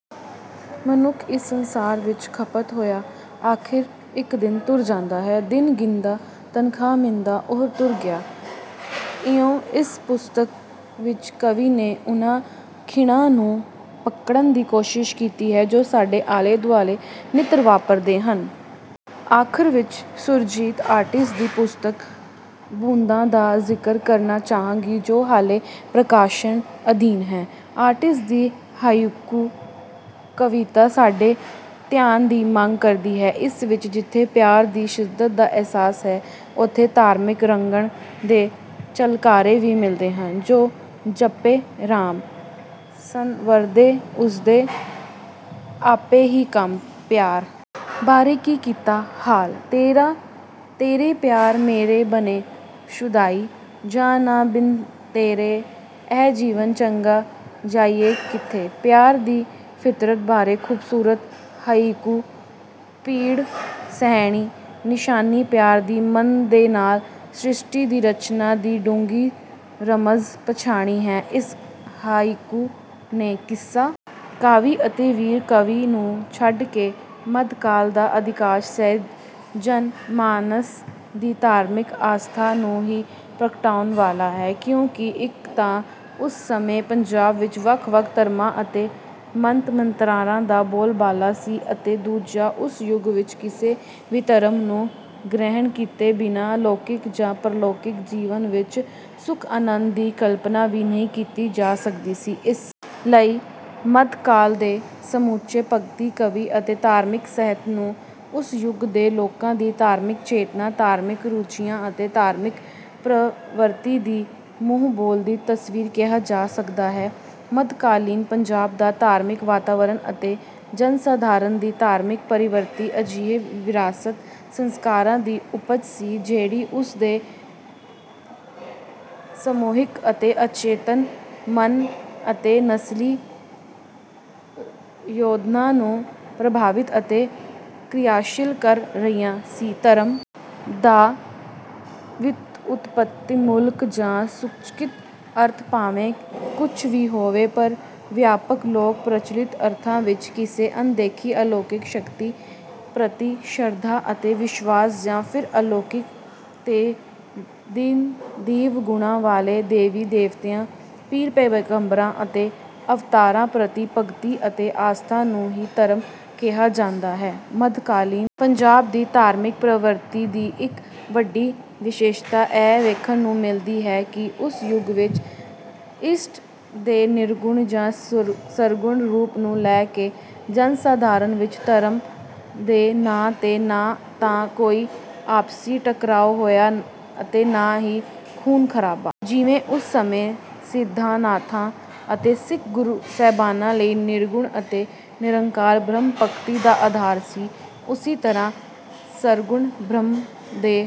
ਮਨੁੱਖ ਇਸ ਸੰਸਾਰ ਵਿੱਚ ਖ਼ਪਤ ਹੋਇਆ ਆਖ਼ਰ ਇੱਕ ਦਿਨ ਤੁਰ ਜਾਂਦਾ ਹੈ: "ਦਿਨ ਗਿਣਦਾ, ਤਨਖਾਹ ਮਿਣਦਾ, ਉਹ ਤੁਰ ਗਿਆ।"ਇਉਂ ਇਸ ਪੁਸਤਕ ਵਿੱਚ ਕਵੀ ਨੇ ਉਨ੍ਹਾਂ ਖਿਣਾਂ ਨੂੰ ਪਕੜਨ ਦੀ ਕੋਸ਼ਿਸ਼ ਕੀਤੀ ਹੈ ਜੋ ਸਾਡੇ ਆਲੇ-ਦੁਆਲੇ ਨਿੱਤ ਵਾਪਰਦੇ ਹਨ। ਆਖ਼ਰ ਵਿੱਚ ਸੁਰਜੀਤ ਆਰਟਿਸਟ ਦੀ ਪੁਸਤਕ 'ਬੂੰਦਾਂ' ਦਾ ਜ਼ਿਕਰ ਕਰਨਾ ਚਾਹਾਂਗੀ, ਜੋ ਹਾਲੇ ਪ੍ਰਕਾਸ਼ਨ ਅਧੀਨ ਹੈ। ਆਰਟਿਸਟ ਦੀ ਹਾਇਕੂ ਕਵਿਤਾ ਸਾਡੇ ਧਿਆਨ ਦੀ ਮੰਗ ਕਰਦੀ ਹੈ। ਇਸ ਵਿੱਚ ਜਿੱਥੇ ਪਿਆਰ ਦੀ ਸ਼ਿੱਦਤ ਦਾ ਅਹਿਸਾਸ ਹੈ, ਉੱਥੇ ਧਾਰਮਿਕ ਰੰਗਣ ਦੇ ਝਲਕਾਰੇ ਵੀ ਮਿਲਦੇ ਹਨ:"ਜੋ ਜਪੇ ਰਾਮ, ਸੰਵਰਦੇ ਉਸਦੇ, ਆਪੇ ਹੀ ਕਾਮ।"ਪਿਆਰ ਬਾਰੇ:"ਕੀ ਕੀਤਾ ਹਾਲ? ਤੇਰੇ ਪਿਆਰ ਮੇਰਾ, ਬਣੇ ਸ਼ੁਦਾਈ।""ਜਾਂ ਨਾ ਬਿਨ ਤੇਰੇ, ਇਹ ਜੀਵਨ ਚੰਗਾ, ਜਾਈਏ ਕਿੱਥੇ? ਪਿਆਰ ਦੀ ਫ਼ਿਤਰਤ ਬਾਰੇ ਖੂਬਸੂਰਤ ਹਾਇਕੂ:"ਪੀੜ ਸਹਿਣੀ, ਨਿਸ਼ਾਨੀ ਪਿਆਰ ਦੀ, ਮਨ ਦੇ ਨਾਲ।"ਸ਼੍ਰਿਸ਼ਟੀ ਦੀ ਰਚਨਾ ਦੀ ਡੂੰਘੀ ਰਮਜ਼ ਪਛਾਣੀ ਹੈ ਇਸ ਹਾਇਕੂ ਨੇ। ਕਿੱਸਾ ਕਾਵਿ ਅਤੇ ਵੀਰ ਕਾਵਿ ਨੂੰ ਛੱਡ ਕੇ ਮੱਧ ਕਾਲ ਦਾ ਅਧਿਕਾਂਸ਼ ਸਾਹਿਤ ਜਨ-ਮਾਨਸ ਦੀ ਧਾਰਮਿਕ ਆਸਥਾ ਨੂੰ ਹੀ ਪ੍ਰਗਟਾਉਣ ਵਾਲਾ ਹੈ, ਕਿਉਂਕਿ ਇੱਕ ਤਾਂ ਉਸ ਸਮੇਂ ਪੰਜਾਬ ਵਿੱਚ ਵੱਖ-ਵੱਖ ਧਰਮਾਂ ਅਤੇ ਮਤ-ਮਤਾਂਤਰਾਂ ਦਾ ਬੋਲਬਾਲਾ ਸੀ ਅਤੇ ਦੂਜਾ, ਉਸ ਯੁੱਗ ਵਿੱਚ ਕਿਸੇ ਵੀ ਧਰਮ ਨੂੰ ਗ੍ਰਹਿਣ ਕੀਤੇ ਬਿਨਾਂ ਲੌਕਿਕ ਜਾਂ ਪਰਲੌਕਿਕ ਜੀਵਨ ਵਿੱਚ ਸੁਖ-ਆਨੰਦ ਦੀ ਕਲਪਨਾ ਵੀ ਨਹੀਂ ਕੀਤੀ ਜਾ ਸਕਦੀ ਸੀ। ਇਸ ਲਈ ਮੱਧ ਕਾਲ ਦੇ ਸਮੁੱਚੇ ਭਗਤੀ ਕਾਵਿ ਅਤੇ ਧਾਰਮਿਕ ਸਾਹਿਤ ਨੂੰ ਉਸ ਯੁੱਗ ਦੇ ਲੋਕਾਂ ਦੀ ਧਾਰਮਿਕ ਚੇਤਨਾ, ਧਾਰਮਿਕ ਰੁਚੀਆਂ ਅਤੇ ਧਾਰਮਿਕ ਪ੍ਰਵਿਰਤੀ ਦੀ ਮੂੰਹ-ਬੋਲਦੀ ਤਸਵੀਰ ਕਿਹਾ ਜਾ ਸਕਦਾ ਹੈ। ਮੱਧਕਾਲੀਨ ਪੰਜਾਬ ਦਾ ਧਾਰਮਿਕ ਵਾਤਾਵਰਨ ਅਤੇ ਜਨ-ਸਾਧਾਰਨ ਦੀ ਧਾਰਮਿਕ ਪ੍ਰਵਿਰਤੀ ਅਜਿਹੇ ਵਿਰਾਸਤੀ ਸੰਸਕਾਰਾਂ ਦੀ ਉਪਜ ਸੀ, ਜਿਹੜੀ ਉਸ ਦੇ ਸਮੂਹਿਕ ਅਵਚੇਤਨ ਮਨ ਅਤੇ ਨਸਲੀ ਯੋਜਨਾ ਨੂੰ ਪ੍ਰਭਾਵਿਤ ਅਤੇ ਕ੍ਰਿਆਸ਼ੀਲ ਕਰ ਰਹੀ ਸੀ। ਧਰਮ ਦਾ ਵਿਉਤਪੱਤੀਮੂਲਕ ਜਾਂ ਸੰਕੁਚਿਤ ਅਰਥ ਭਾਵੇਂ ਕੁਝ ਵੀ ਹੋਵੇ, ਪਰ ਵਿਆਪਕ ਲੋਕ-ਪ੍ਰਚਲਿਤ ਅਰਥਾਂ ਵਿੱਚ ਕਿਸੇ ਅਣਦੇਖੀ ਅਲੌਕਿਕ ਸ਼ਕਤੀ ਪ੍ਰਤੀ ਸ਼ਰਧਾ ਅਤੇ ਵਿਸ਼ਵਾਸ, ਜਾਂ ਫਿਰ ਅਲੌਕਿਕ ਤੇ ਦਿਵ ਗੁਣਾਂ ਵਾਲੇ ਦੇਵੀ-ਦੇਵਤਿਆਂ, ਪੀਰ-ਪੈਗੰਬਰਾਂ ਅਤੇ ਅਵਤਾਰਾਂ ਪ੍ਰਤੀ ਭਗਤੀ ਅਤੇ ਆਸਥਾ ਨੂੰ ਹੀ ਧਰਮ ਕਿਹਾ ਜਾਂਦਾ ਹੈ। ਮੱਧਕਾਲੀਨ ਪੰਜਾਬ ਦੀ ਧਾਰਮਿਕ ਪ੍ਰਵਿਰਤੀ ਦੀ ਇੱਕ ਵੱਡੀ ਵਿਸ਼ੇਸ਼ਤਾ ਇਹ ਵੇਖਣ ਨੂੰ ਮਿਲਦੀ ਹੈ ਕਿ ਉਸ ਯੁੱਗ ਵਿੱਚ ਇਸ਼ਟ ਦੇ ਨਿਰਗੁਣ ਜਾਂ ਸਰਗੁਣ ਰੂਪ ਨੂੰ ਲੈ ਕੇ ਜਨ-ਸਾਧਾਰਨ ਵਿੱਚ ਧਰਮ ਦੇ ਨਾਂ 'ਤੇ ਨਾ ਤਾਂ ਕੋਈ ਆਪਸੀ ਟਕਰਾਅ ਹੋਇਆ ਅਤੇ ਨਾ ਹੀ ਖ਼ੂਨ-ਖ਼ਰਾਬਾ। ਜਿਵੇਂ ਉਸ ਸਮੇਂ ਸਿੱਧਾਂ-ਨਾਥਾਂ ਅਤੇ ਸਿੱਖ ਗੁਰੂ ਸਾਹਿਬਾਨਾਂ ਲਈ ਨਿਰਗੁਣ ਅਤੇ ਨਿਰਾਕਾਰ ਬ੍ਰਹਮ ਭਗਤੀ ਦਾ ਅਧਾਰ ਸੀ, ਉਸੇ ਤਰ੍ਹਾਂ ਸਰਗੁਣ ਬ੍ਰਹਮ ਦੇ..